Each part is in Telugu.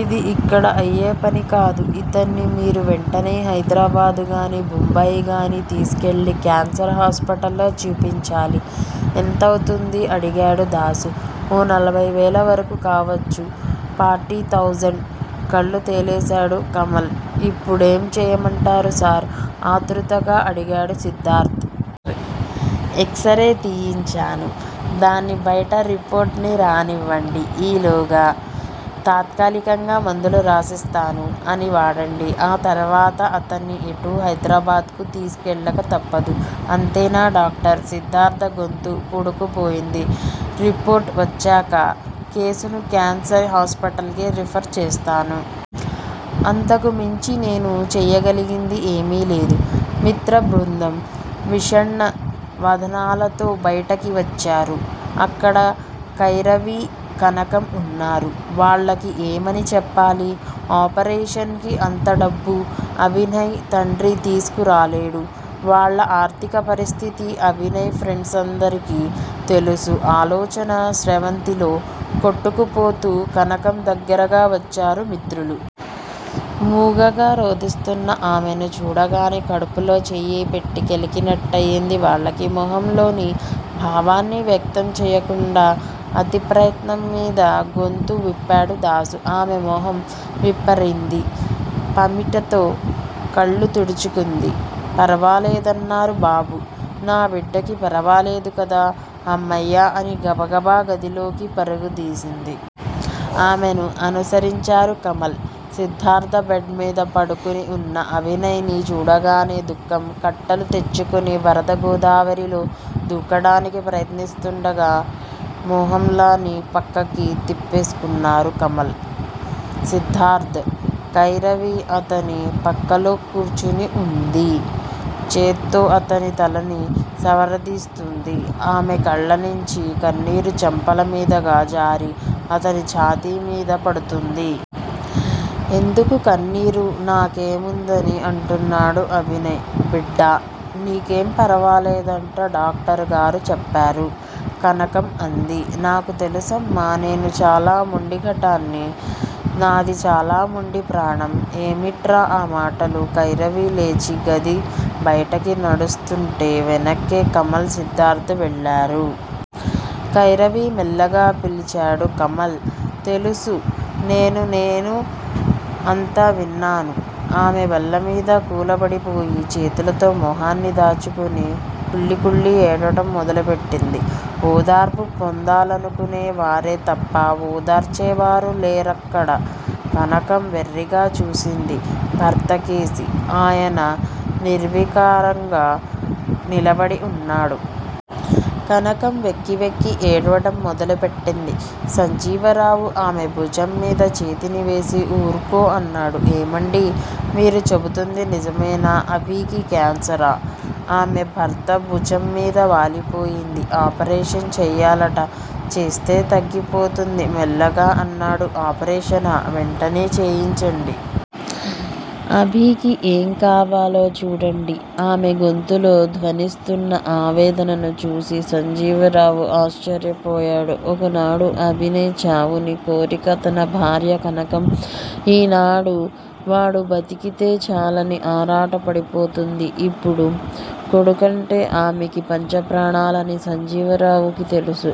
ఇది ఇక్కడ అయ్యే పని కాదు, ఇతన్ని మీరు వెంటనే హైదరాబాదుగానీ, బొంబాయిగానీ తీసుకెళ్ళి క్యాన్సర్ హాస్పిటల్లో చూపించాలి. ఎంతవుతుంది? అడిగాడు దాసు ఓ నలభై వేల వరకూ కావచ్చు! Forty thousand! కళ్ళు తేలేశాడు కమల్. ఇప్పుడేం చేయమంటారు సార్? ఆతృతగా అడిగాడు సిద్ధార్థ. X ray తీయించాను. దాన్ని బయట రిపోర్టునీ రానివ్వండి. ఈలోగా తాత్కాలికంగా మందులు రాసిస్తాను. అని వాడండి. ఆ తర్వాత అతన్ని ఎటూ హైదరాబాదుకు తీసుకెళ్ళక తప్పదు. అంతేనా డాక్టర్? సిద్ధార్థ గొంతు పూడుకుపోయింది. రిపోర్టు వచ్చాక, కేసుని క్యాన్సర్ హాస్పిటల్ కి రిఫర్ చేస్తాను. అంతకుమించి నేను చేయగలిగింది ఏమీలేదు. మిత్రబృందం విషణ్ణ వదనాలతో బయటకి వచ్చారు. అక్కడ కైరవి, కనకం వున్నారు. వాళ్ళకి ఏమని చెప్పాలి. ఆపరేషన్ కి అంతడబ్బు అభినయ్ తండ్రి తీసుకురాలేడు. వాళ్ళ ఆర్థిక పరిస్థితి అభినయ్ ఫ్రెండ్సందరికీ తెలుసు. ఆలోచనా స్రవంతిలో కొట్టుకుపోతూ కనకం దగ్గరగా వచ్చారు మిత్రులు. మూగగా రోధిస్తున్న ఆమెని చూడగానే కడుపులో చెయ్యి పెట్టి కెలికినట్టయ్యింది వాళ్ళకి. మొహంలోని భావాన్ని వ్యక్తం చేయకుండా అతి ప్రయత్నం మీద గొంతు విప్పాడు దాసు. ఆమె మొహం విప్పరింది. పమిటతో కళ్ళు తుడుచుకొంది. పర్వాలేదన్నారా బాబూ? నా బిడ్డకి పర్వాలేదు కదా? హమ్మయ్య అని గబగబా గదిలోకి పరుగుదీసింది. ఆమెని అనుసరించారు కమల్, సిద్ధార్థ. బెడ్ మీద పడుకొని వున్న అభినయ్ ని చూడగానే దుఃఖం కట్టలు తెంచుకొని వరద గోదావరిలో దూకడానికి ప్రయత్నిస్తుండగా మొహాలని పక్కకి తిప్పేసుకొన్నారు కమల్, సిద్ధార్థ. కైరవి అతని పక్కలో కూర్చుని వుంది. చేత్తో అతని తలని సవరదీస్తోంది. ఆమె కళ్ళనించి కన్నీరు చెంపల మీదుగా జారి అతని ఛాతీ మీద పడుతోంది. ఎందుకు కన్నీరు! నా కేముందునని? అంటున్నాడు అభినయ్. బిడ్డా! నీకేం పర్వాలేదంట డాక్టరుగారు చెప్పారు కనకం అంది. నాకు తెలుసమ్మా! నేను చాలా మొండిఘటన్ని. నాది చాలా మొండి ప్రాణం. ఏమిట్రా ఆ మాటలు? కైరవి లేచి గది బయటకి నడుస్తుంటే వెనుకే కమల్, సిద్ధార్థ వెళ్ళారు. కైరవి! మెల్లగా పిలిచాడు కమల్. తెలుసు నేను నేను అంతా విన్నాను ఆమె బల్లమీద కూలబడిపోయి చేతులతో మొహాన్ని దాచుకొని కుళ్ళి కుళ్ళి ఏడవడం మొదలు పెట్టింది. ఓదార్పు పొందాలనుకొనే వారే తప్ప ఓదార్చేవారెవరూ లేరక్కడ. కనకం వెర్రిగా చూసింది భర్తకేసి. ఆయన నిర్వికారంగా నిలబడి వున్నాడు. కనకం వెక్కి వెక్కి ఏడవడం మొదలు పెట్టింది. సంజీవరావు ఆమె భుజం మీద చేతిని వేసి ఊరుకో! అన్నాడు. ఏమండీ! మీరు చెబుతోంది నిజమేనా? అభికి క్యాన్సరా! ఆమె భర్త భుజం మీద వాలిపోయింది. ఆపరేషన్ చెయ్యాలట. చేస్తే తగ్గిపోతుంది మెల్లగా అన్నాడు. ఆపరేషనా? వెంటనే చేయించండి. అభికి ఏం కావాలో చూడండి. ఆమె గొంతులో ధ్వనిస్తోన్న ఆవేదనని చూసి సంజీవరావు ఆశ్చర్యపోయాడు. ఒకనాడు అభినయ్ చావుని కోరిక తన భార్య కనకం ఈనాడు వాడు బతికితే చాలని ఆరాట పడిపోతోంది. ఇప్పుడు కొడుకంటే ఆమెకి పంచప్రాణాలని సంజీవరావుకి తెలుసు.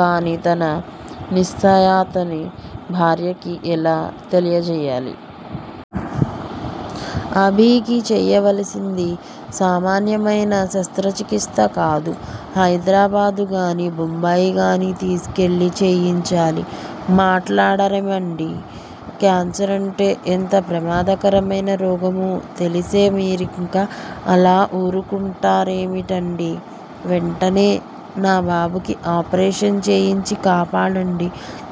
కానీ తన నిస్సయతని భార్యకి ఎలా తెలియజేయాలి? అభీకి చేయవలసింది సామాన్యమైన శస్త్రచికిత్సకాదు హైదరాబాదుగానీ, బొంబాయిగానీ తీసుకెళ్ళి చేయించాలి. మాట్లాడరేవమండీ! క్యాన్సరంటే ఎంత ప్రమాదకరమైన రోగమో తెలిసే మీరింకా అలా ఊరుకొంటారేమిటండీ? వెంటనే నా బాబుకి ఆపరేషన్ చేయించి కాపాడండి.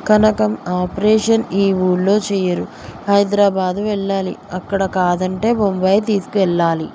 కనకం ఆపరేషన్ ఈఊళ్ళో చేయరు. హైదరాబాదు వెళ్ళాలి. అక్కడ కాదంటే బొంబాయి తీసుకెళ్ళాలి.